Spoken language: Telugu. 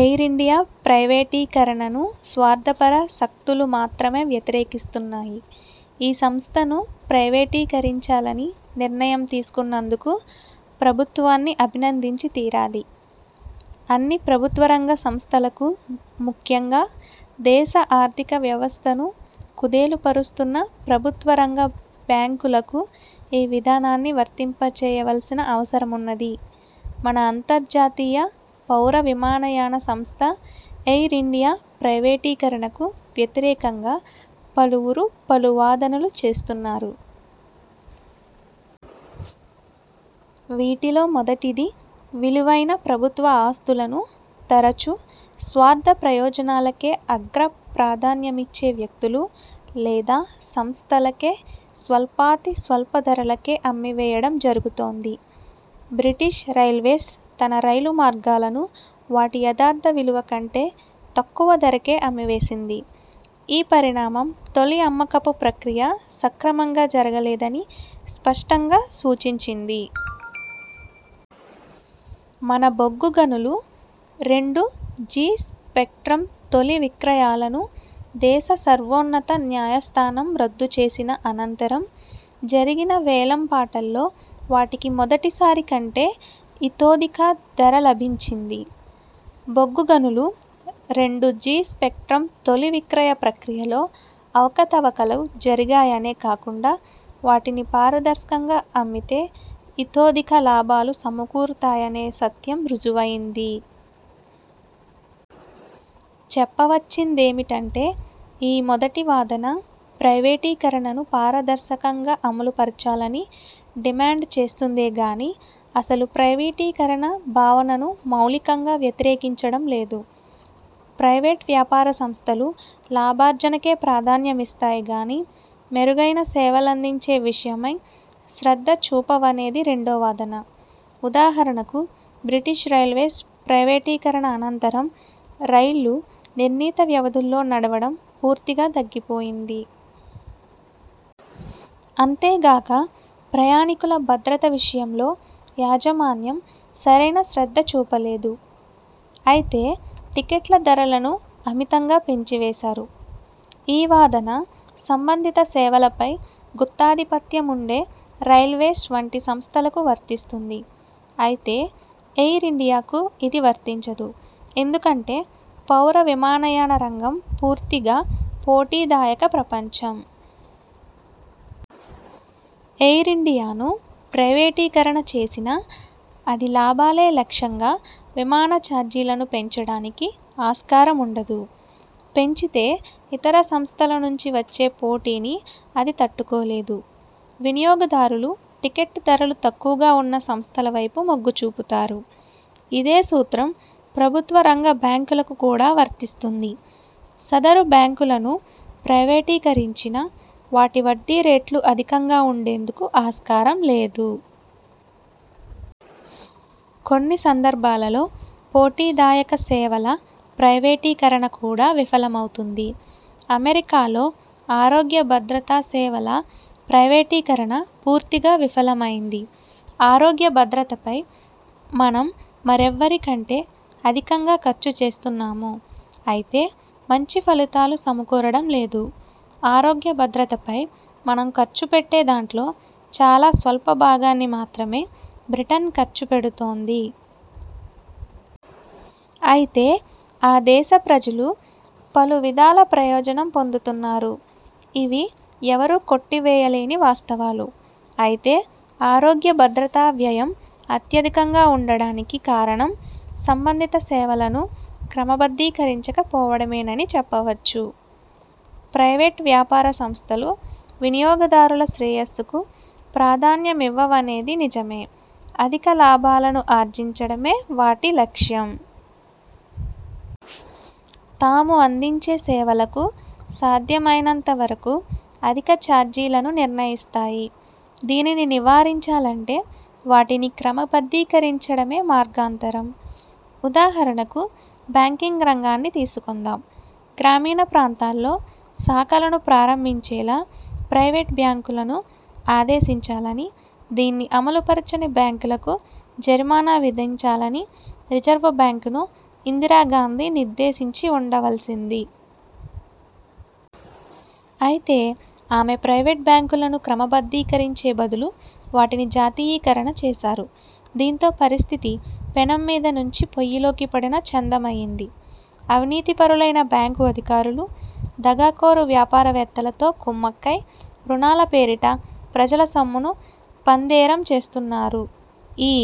ఎయిర్ ఇండియా ప్రైవేటీకరణను స్వార్థపర శక్తులు మాత్రమే వ్యతిరేకిస్తున్నాయి. ఈ సంస్థను ప్రైవేటీకరించాలని నిర్ణయం తీసుకున్నందుకు ప్రభుత్వాన్ని అభినందించి తీరాలి. అన్ని ప్రభుత్వరంగ సంస్థలకు, ముఖ్యంగా దేశ ఆర్థిక వ్యవస్థను కుదేలుపరుస్తున్న ప్రభుత్వ రంగ బ్యాంకులకు ఈ విధానాన్ని వర్తింపచేయవలసిన అవసరమున్నది. మన అంతర్జాతీయ పౌర విమానయాన సంస్థ ఎయిర్ ఇండియా ప్రైవేటీకరణకు వ్యతిరేకంగా పలువురు పలు వాదనలు చేస్తున్నారు. వీటిలో మొదటిది– విలువైన ప్రభుత్వఆస్తులను తరచు, స్వార్థప్రయోజనాలకే అగ్ర ప్రాధాన్యమిచ్చే వ్యక్తులు లేదా సంస్థలకే స్వల్పాతి స్వల్ప ధరలకే అమ్మివేయడం జరుగుతోంది. బ్రిటిష్ రైల్వేస్ తన రైలు మార్గాలను వాటి యథార్థ విలువ కంటే తక్కువ ధరకే అమ్మివేసింది. ఈ పరిణామం, తొలి అమ్మకపు ప్రక్రియ సక్రమంగా జరగలేదని స్పష్టంగా సూచించింది. మన బొగ్గు గనులు, రెండు జీ స్పెక్ట్రమ్ తొలి విక్రయాలను దేశ సర్వోన్నత న్యాయస్థానం రద్దు చేసిన అనంతరం జరిగిన వేలం పాటల్లో వాటికి మొదటిసారి కంటే ఇతోధిక ధర లభించింది. బొగ్గు గనులు, రెండు జీ స్పెక్ట్రమ్ తొలి విక్రయ ప్రక్రియలో అవకతవకలు జరిగాయనే కాకుండా వాటిని పారదర్శకంగా అమ్మితే ఇతోధిక లాభాలు సమకూరుతాయనే సత్యం రుజువయింది. చెప్పవచ్చిందేమిటంటే ఈ మొదటి వాదన ప్రైవేటీకరణను పారదర్శకంగా అమలుపరచాలని డిమాండ్ చేస్తుందే గానీ అసలు ప్రైవేటీకరణ భావనను మౌలికంగా వ్యతిరేకించడం లేదు. ప్రైవేట్ వ్యాపార సంస్థలు లాభార్జనకే ప్రాధాన్యమిస్తాయిగానీ, మెరుగైన సేవలందించే విషయమై శ్రద్ధచూపవనేది రెండో వాదన. ఉదాహరణకు బ్రిటిష్ రైల్వేస్ ప్రైవేటీకరణ అనంతరం రైళ్ళు నిర్ణీతవ్యవధుల్లో నడవడం పూర్తిగా తగ్గిపోయింది. అంతేగాక ప్రయాణికుల భద్రత విషయంలో యాజమాన్యం సరైన శ్రద్ధ చూపలేదు. అయితే టిక్కెట్ల ధరలను అమితంగా పెంచివేశారు. ఈ వాదన, సంబంధిత సేవలపై గుత్తాధిపత్య ముండే రైల్వేస్ వంటి సంస్థలకు వర్తిస్తుంది. అయితే ఎయిర్ ఇండియాకు ఇది వర్తించదు. ఎందుకంటే పౌర విమానయాన రంగం పూర్తిగా పోటీదాయక ప్రపంచం. ఎయిర్ ఇండియాను ప్రైవేటీకరణ చేసినా అది లాభాలే లక్ష్యంగా విమానచార్జీలను పెంచడానికి ఆస్కారముండదు. పెంచితే ఇతరసంస్థల నుంచి వచ్చే పోటీని అది తట్టుకోలేదు. వినియోగదారులు టిక్కెట్ ధరలు తక్కువగా ఉన్న సంస్థల వైపు మొగ్గు చూపుతారు. ఇదే సూత్రం ప్రభుత్వరంగ బ్యాంకులకు కూడా వర్తిస్తుంది. సదరు బ్యాంకులను ప్రైవేటీకరించినా వాటి వడ్డీ రేట్లు అధికంగా ఉండేందుకు ఆస్కారం లేదు. కొన్ని సందర్భాలలో పోటీదాయక సేవల ప్రైవేటీకరణ కూడా విఫలమవుతుంది. అమెరికాలో ఆరోగ్యభద్రతా సేవల ప్రైవేటీకరణ పూర్తిగా విఫలమైంది. 'ఆరోగ్య భద్రతపై మనం మరెవ్వరికంటే అధికంగా ఖర్చు చేస్తున్నాము. అయితే మంచి ఫలితాలు సమకూరడం లేదు. ఆరోగ్యభద్రతపై మనం ఖర్చు పెట్టే దాంట్లో చాలా స్వల్ప భాగాన్ని మాత్రమే బ్రిటన్ ఖర్చు పెడుతోంది. అయితే ఆ దేశ ప్రజలు పలు విధాల ప్రయోజనం పొందుతున్నారు. ఇవి ఎవరూ కొట్టివేయలేని వాస్తవాలు. అయితే ఆరోగ్య భద్రతా వ్యయం అత్యధికంగా ఉండడానికి కారణం సంబంధిత సేవలను క్రమబద్ధీకరించక పోవడమేనని చెప్పవచ్చు. ప్రైవేట్ వ్యాపార సంస్థలు వినియోగదారుల శ్రేయస్సుకు ప్రాధాన్యమివ్వవనేది నిజమే. అధిక లాభాలను ఆర్జించడమే వాటి లక్ష్యం. తాము అందించే సేవలకు సాధ్యమైనంత వరకు అధిక చార్జీలను నిర్ణయిస్తాయి. దీనిని నివారించాలంటే వాటిని క్రమబద్ధీకరించడమే మార్గాంతరం. ఉదాహరణకు బ్యాంకింగ్ రంగాన్ని తీసుకుందాం. గ్రామీణ ప్రాంతాల్లో శాఖలను ప్రారంభించేలా ప్రైవేట్ బ్యాంకులను ఆదేశించాలని, దీన్ని అమలుపరచని బ్యాంకులకు జరిమానా విధించాలని రిజర్వ్ బ్యాంకును ఇందిరాగాంధీ నిర్దేశించి వుండవల్సింది. అయితే ఆమె ప్రైవేట్ బ్యాంకులను క్రమబద్ధీకరించే బదులు వాటిని జాతీయీకరణ చేశారు. దీంతో పరిస్థితి పెనం మీద నుంచి పొయ్యిలోకి పడిన చందమయింది. అవినీతిపరులైన బ్యాంకు అధికారులు, దగాకోరు వ్యాపారవేత్తలతో కుమ్మక్కై రుణాల పేరిట ప్రజల సొమ్మును పందేరం చేస్తున్నారు. ఈ